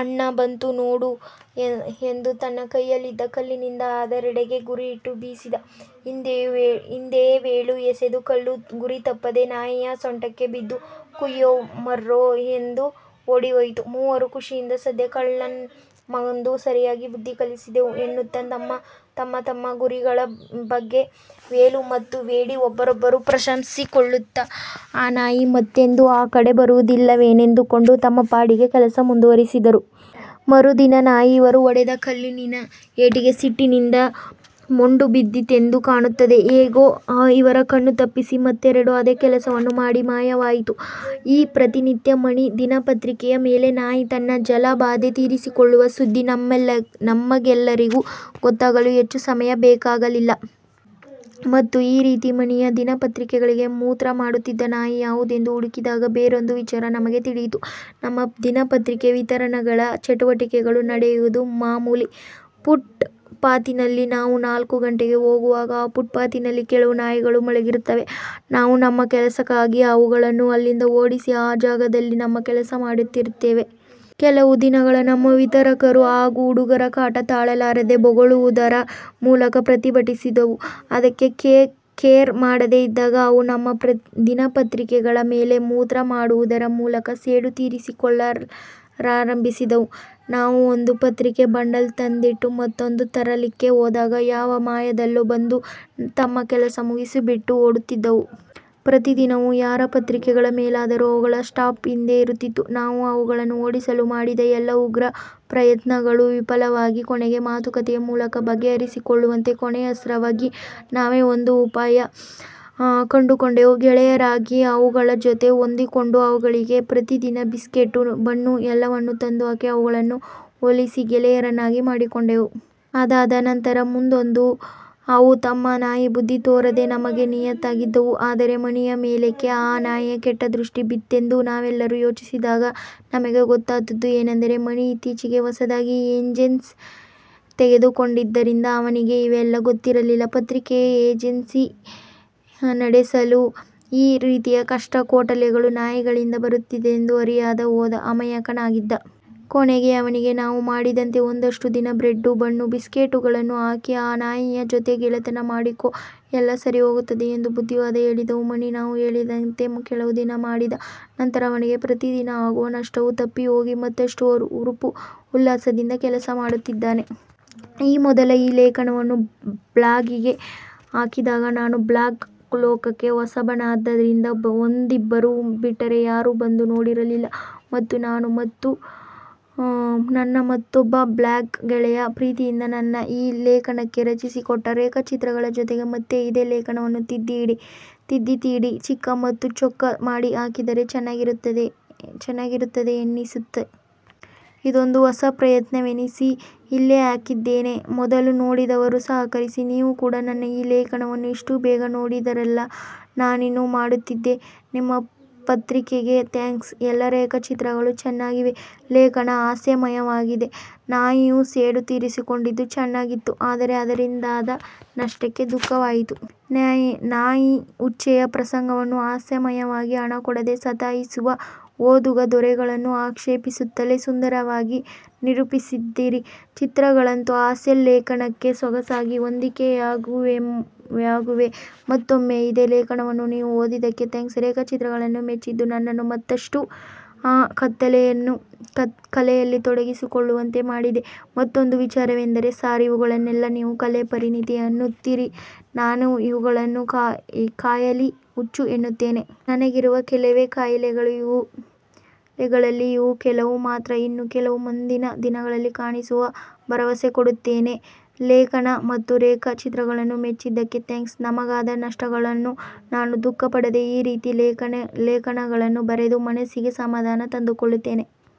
"ಆಣ್ಣ ಬಂತು ನೋಡು ಎಂದು ತನ್ನ ಕೈಯಲ್ಲಿದ್ದ ಕಲ್ಲಿನಿಂದ ಅದರೆಡೆಗೆ ಗುರಿಯಿಟ್ಟು ಬೀಸಿದ. ಹಿಂದೆಯೇ ವೇಲು ಎಸೆದ ಕಲ್ಲು ಗುರಿತಪ್ಪದೇ ನಾಯಿಯ ಸೊಂಟಕ್ಕೆ ಬಿದ್ದು ಕುಯ್ಯೋ ಮರ್ರೋ ಎಂದು ಓಡಿಹೋಯಿತು. ಮೂವರು ಖುಷಿಯಿಂದ ಸದ್ಯ ಕಳ್ಳನನ್ ಮಗಂದು ಸರಿಯಾಗಿ ಬುದ್ಧಿ ಕಲಿಸಿದೆವು ಎನ್ನುತ್ತಾ ತಮ್ಮ ತಮ್ಮ ಗುರಿಗಳ ಬಗ್ಗೆ ವೇಲು ಮತ್ತು ವೇಡಿ ಒಬ್ಬರಿಗೊಬ್ಬರು ಪ್ರಶಂಸಿಸಿಕೊಳ್ಳುತ್ತಾ ಆ ನಾಯಿ ಮತ್ತೆಂದು ಈ ಕಡೆ ಬರುವುದಿಲ್ಲವೆಂದುಕೊಂಡು ತಮ್ಮ ಪಾಡಿಗೆ ಕೆಲಸ ಮುಂದುವರಿಸಿದರು. ಮರುದಿನ ನಾಯಿ ಇವರು ಹೊಡೆದ ಕಲ್ಲಿನ ಏಟಿಗೆ ಸಿಟ್ಟಿನಿಂದ ಮೊಂಡುಬಿದ್ದಿತೆಂದು ಕಾಣುತ್ತದೆ. ಹೇಗೋ ಇವರ ಕಣ್ಣು ತಪ್ಪಿಸಿ ಮತ್ತೆರಡು ಆದೇ ಕೆಲಸವನ್ನು ಮಾಡಿ ಮಾಯವಾಗಿತ್ತು. ಈ ಪ್ರತಿನಿತ್ಯ ಮಣಿ ದಿನಪತ್ರಿಕೆಯ ಮೇಲೆ ನಾಯಿ ತನ್ನ ಜಲಭಾದೆ ತೀರಿಸಿಕೊಳ್ಳುವ ಸುದ್ಧಿ ನಮಗೆಲ್ಲರಿಗೂ ಗೊತ್ತಾಗಲು ಹೆಚ್ಚು ಸಮಯ ಬೇಕಾಗಲಿಲ್ಲ. ಮತ್ತು ಈ ರೀತಿ ಮಣಿಯ ದಿನಪತ್ರಿಕೆಗಳಿಗೆ ಮೂತ್ರ ಮಾಡುತ್ತಿದ್ದ ನಾಯಿ ಯಾವುದೆಂದು ಹುಡುಕಿದಾಗ ಬೇರೊಂದು ವಿಚಾರ ನಮಗೆ ತಿಳಿಯಿತು. ನಮ್ಮ ದಿನಪತ್ರಿಕೆ ವಿತರಣೆಗಳ ಚಟುವಟಿಕೆಗಳು ನಡೆಯುವುದು ಮಾಮೂಲಿ ಫುಟ್ ಪಾತಿನಲ್ಲಿ. ನಾವು ನಾಲ್ಕು ಗಂಟೆಗೆ ಹೋಗುವಾಗ ಆ ಫುಟ್ ಪಾತಿನಲ್ಲಿ ಕೆಲವು ನಾಯಿಗಳು ಮಲಗಿರುತ್ತವೆ. ನಾವು ನಮ್ಮ ಕೆಲಸಕ್ಕಾಗಿ ಅವುಗಳನ್ನು ಅಲ್ಲಿಂದ ಓಡಿಸಿ ಆ ಜಾಗದಲ್ಲೇ ನಮ್ಮ ಕೆಲಸ ಮಾಡುತ್ತಿರುತ್ತೇವೆ. ಕೆಲವು ದಿನ ನಮ್ಮ ವಿತರಕರು ಹಾಗೂ ಹುಡುಗರ ಕಾಟ ತಾಳಲಾರದೆ, ಬೊಗಳುವುದರ ಮೂಲಕ್ ಪ್ರತಿಭಟಿಸಿದವು. ಅದಕ್ಕೆ ಕೇರ್ ಮಾಡದೆ ಇದ್ದಾಗ ಅವು ನಮ್ಮ ದಿನಪತ್ರಿಕೆಗಳ ಮೇಲೆ ಮೂತ್ರ ಮಾಡುವುದರ ಮೂಲಕ ಸೇಡು ತೀರಿಸಿಕೊಳ್ಳಲಾರಂಭಿಸಿದವು. ನಾವು ಒಂದು ಪತ್ರಿಕೆ ಬಂಡಲ್ ತಂದಿಟ್ಟು ಮತ್ತೊಂದು ತರಲಿಕ್ಕೆ ಹೋದಾಗ ಯಾವ ಮಾಯದಲ್ಲೋ ಬಂದು ತಮ್ಮ ಕೆಲಸ ಮುಗಿಸಿಬಿಟ್ಟು ಓಡುತ್ತಿದ್ದವು. ಪ್ರತಿದಿನವೂ ಯಾರ ಪತ್ರಿಕೆಗಳ ಮೇಲಾದರೂ ಅವುಗಳ ಸ್ಟಾಂಪ್ ಇದ್ದೇ ಇರುತ್ತಿತ್ತು. ನಾವು ಅವುಗಳನ್ನು ಓಡಿಸಲು ಮಾಡಿದ ಎಲ್ಲಾ ಉಗ್ರ ಪ್ರಯತ್ನಗಳು ವಿಫಲವಾಗಿ ಕೊನೆಗೆ ಮಾತುಕತೆಯ ಮೂಲಕ ಬಗೆಹರಿಸಿಕೊಳ್ಳುವಂತೆ ಕೊನೆಯ ಅಸ್ತ್ರವಾಗಿ ನಾವೇ ಒಂದು ಉಪಾಯ ಕಂಡು ಕೊಂಡೆವು. ಗೆಳೆಯರಾಗಿ ಅವುಗಳ ಜೊತೆ ಹೊಂದಿಕೊಂಡು ಅವುಗಳಿಗೆ ಪ್ರತಿದಿನ ಬಿಸ್ಕೆಟ್ಟು, ಬನ್ನು ಎಲ್ಲವನ್ನು ತಂದು ಹಾಕಿ ಅವುಗಳನ್ನು ಓಲೈಸಿ ಗೆಳೆಯರನ್ನಾಗಿ ಮಾಡಿಕೊಂಡೆವು. ಅದಾದ ನಂತರ ಮುಂದೆಂದು ಅವು ತಮ್ಮ ನಾಯಿ ಬುದ್ದಿ ತೋರದೆ ನಮಗೆ ನಿಯತ್ತಾಗಿದ್ದವು. ಅದರೆ ಮಣಿಯ ಮೇಲೇಕೆ ಆ ನಾಯಿಯ ಕೆಟ್ಟ ದೃಷ್ಟಿ ಬಿತ್ತೆಂದು ನಾವೆಲ್ಲರೂ ಯೋಚಿಸಿದಾಗ ನಮಗೆ ಗೊತ್ತಾದದ್ದು ಏನೆಂದರೆ, ಮಣಿ ಇತ್ತೀಚೆಗೆ ಹೊಸದಾಗಿ ಏಜೆನ್ಸಿ ತೆಗೆದುಕೊಂಡಿದ್ದರಿಂದ ಅವನಿಗೆ ಇವೆಲ್ಲಾ ಗೊತ್ತಿರಲಿಲ್ಲ. ಪತ್ರಿಕೆಯ ಏಜೆನ್ಸಿ ನಡೆಸಲು ಈ ರೀತಿಯ ಕಷ್ಟ-ಕೋಟಲೆಗಳು ನಾಯಿಗಳಿಂದ ಬರುತ್ತದೆಂದು ಅರಿಯದ ಹೋದ ಅಮಾಯಕನಾಗಿದ್ದ. ಕೊನೆಗೆ ಅವನಿಗೆ ನಾವು ಮಾಡಿದಂತೆ ಒಂದಷ್ಟು ದಿನ ಬ್ರೆಡ್ಡು, ಬನ್ನು, ಬಿಸ್ಕೆಟ್ಟುಗಳನ್ನು ಹಾಕಿ ಅ ನಾಯಿಯ ಜೊತೆ ಗೆಳೆತನ ಮಾಡಿಕೊ ಎಲ್ಲಾ ಸರಿಹೋಗುತ್ತದೆ ಎಂದು ಬುದ್ಧಿವಾದ ಹೇಳಿದೆವು. ಮಣಿ ನಾವು ಹೇಳಿದಂತೆ ಕೆಲವು ದಿನ ಮಾಡಿದ ನಂತರ ಅವನಿಗೆ ಪ್ರತಿದಿನ ಆಗುವ ನಷ್ಟವು ತಪ್ಪಿಹೋಗಿ ಮತ್ತಷ್ಟು ಹುರುಪು ಉಲ್ಲಾಸದಿಂದ ಕೆಲಸ ಮಾಡುತ್ತಿದ್ದಾನೆ. ಈ ಮೊದಲು ಈ ಲೇಖನವನ್ನು ಬ್ಲಾಗಿಗೆ ಹಾಕಿದಾಗ ನಾನು ಬ್ಲಾಗ್ ಲೋಕಕ್ಕೆ ಹೊಸಬನಾದ್ದರಿಂದ ಒಂದಿಬ್ಬರು ಬಿಟ್ಟರೆ ಯಾರು ಬಂದು ನೋಡಿರಲಿಲ್ಲ. ಮತ್ತು ನಾನು ಮತ್ತು ನನ್ನ ಮತ್ತೊಬ್ಬ ಬ್ಲಾಗ್ ಗೆಳಯ ಪ್ರೀತಿಯಿಂದ ನನ್ನ ಈ ಲೇಖನಕ್ಕೆ ರಚಿಸಿಕೊಟ್ಟ ರೇಖಾಚಿತ್ರಗಳ ಜೊತೆಗೆ ಮತ್ತೆ ಇದೇ ಲೇಖನವನ್ನು ತಿದ್ದಿ ತೀಡಿ ಚಿಕ್ಕ ಮತ್ತು ಚೊಕ್ಕ ಮಾಡಿ ಹಾಕಿದರೆ ಚೆನ್ನಾಗಿರುತ್ತದೆ ಎನಿಸಿತ್ತು. ಇದೊಂದು ಹೊಸ ಪ್ರಯತ್ನವೆನಿಸಿ ಇಲ್ಲಿ ಹಾಕಿದ್ದೇನೆ. ಮೊದಲು ನೋಡಿದವರೂ ಸಹಕರಿಸಿ. ನೀವು ಕೂಡ ನನ್ನ ಈ ಲೇಖನವನ್ನು ಇಷ್ಟು ಬೇಗ ನೋಡಿದಿರಲ್ಲ! ನಾನಿನ್ನು ಮಾಡುತ್ತಿದ್ದೆ. ನಿಮ್ಮ ಪ್ರತಿಕ್ರಯೆಗೆ ಥ್ಯಾಂಕ್ಸ್. ಎಲ್ಲಾ ರೇಖಾಚಿತ್ರಗಳು ಚೆನ್ನಾಗಿವೆ. ಲೇಖನ ಹಾಸ್ಯಮಯವಾಗಿದೆ. ನಾಯಿಯು ಸೇಡು ತೀರಿಸಿಕೊಂಡಿದ್ದು ಚೆನ್ನಾಗಿತ್ತುಆದರೆ ಅದರಿಂದಾದ ನಷ್ಟಕ್ಕೆ ದುಃಖವಾಯಿತು. ನಾಯಿ ಉಚ್ಚೆಯ ಪ್ರಸಂಗವನ್ನು ಹಾಸ್ಯಮಯವಾಗಿ, ಹಣಕೊಡದೆ ಸತಾಯಿಸುವ ಓದುಗ 'ದೊರೆ'ಗಳನ್ನು ಆಕ್ಷೇಪಿಸುತ್ತಲೇ ಸುಂದರವಾಗಿ ನಿರೂಪಿಸಿದ್ದೀರಿ, ಚಿತ್ರಗಳಂತೂ ಹಾಸ್ಯಲೇಖನಕ್ಕೆ ಸೊಗಸಾಗಿ ಹೊಂದಿಕೆಯಾಗಿವೆಮತ್ತೊಮ್ಮೆ ಇದೇ ಲೇಖನವನ್ನು ನೀವು ಓದಿದಕ್ಕೆ ಥ್ಯಾಂಕ್ಸ್. ರೇಖಚಿತ್ರಗಳನ್ನು ಮೆಚ್ಚಿದ್ದು ನನ್ನನ್ನು ಮತ್ತಷ್ಟು ಆ ಕಲೆಯಲ್ಲಿ ತೊಡಗಿಸಿಕೊಳ್ಳುವಂತೆ ಮಾಡಿದೆ. ಮತ್ತೊಂದು ವಿಚಾರವೆಂದರೆ ಸಾರ್ ಇವುಗಳನ್ನೆಲ್ಲಾ ನೀವು ಕಲೆ ಪರಿಣತಿ ಅನ್ನುತ್ತೀರಿನಾನಿವುಗಳನ್ನು ಖಯಾಲಿ, ಹುಚ್ಚು, ಎನ್ನುತ್ತೇನೆ. ನನಗಿರುವ ಕೆಲವೇ ಖಯಾಲಿಗಳಲ್ಲಿ ಇವು ಕೆಲವು ಮಾತ್ರ. ಇನ್ನು ಕೆಲವು ಮುಂದಿನ ದಿನಗಳಲ್ಲಿ ಕಾಣಸಿಗುವ ಭರವಸೆಕೊಡುತ್ತೇನೆಲೇಖನ ಮತ್ತು ರೇಖ ಚಿತ್ರಗಳನ್ನು ಮೆಚ್ಚಿದ್ದಕ್ಕೆ ಥ್ಯಾಂಕ್ಸ್. ನಮಗಾದ ನಷ್ಟಗಳನ್ನು ನಾನು ದುಃಖಪಡದೆ ಈ ರೀತಿ ಲೇಖನಗಳನ್ನು ಬರೆದು ಮನಸ್ಸಿಗೆ ಸಮಾಧಾನ ತಂದುಕೊಳ್ಳುತ್ತೇನೆ.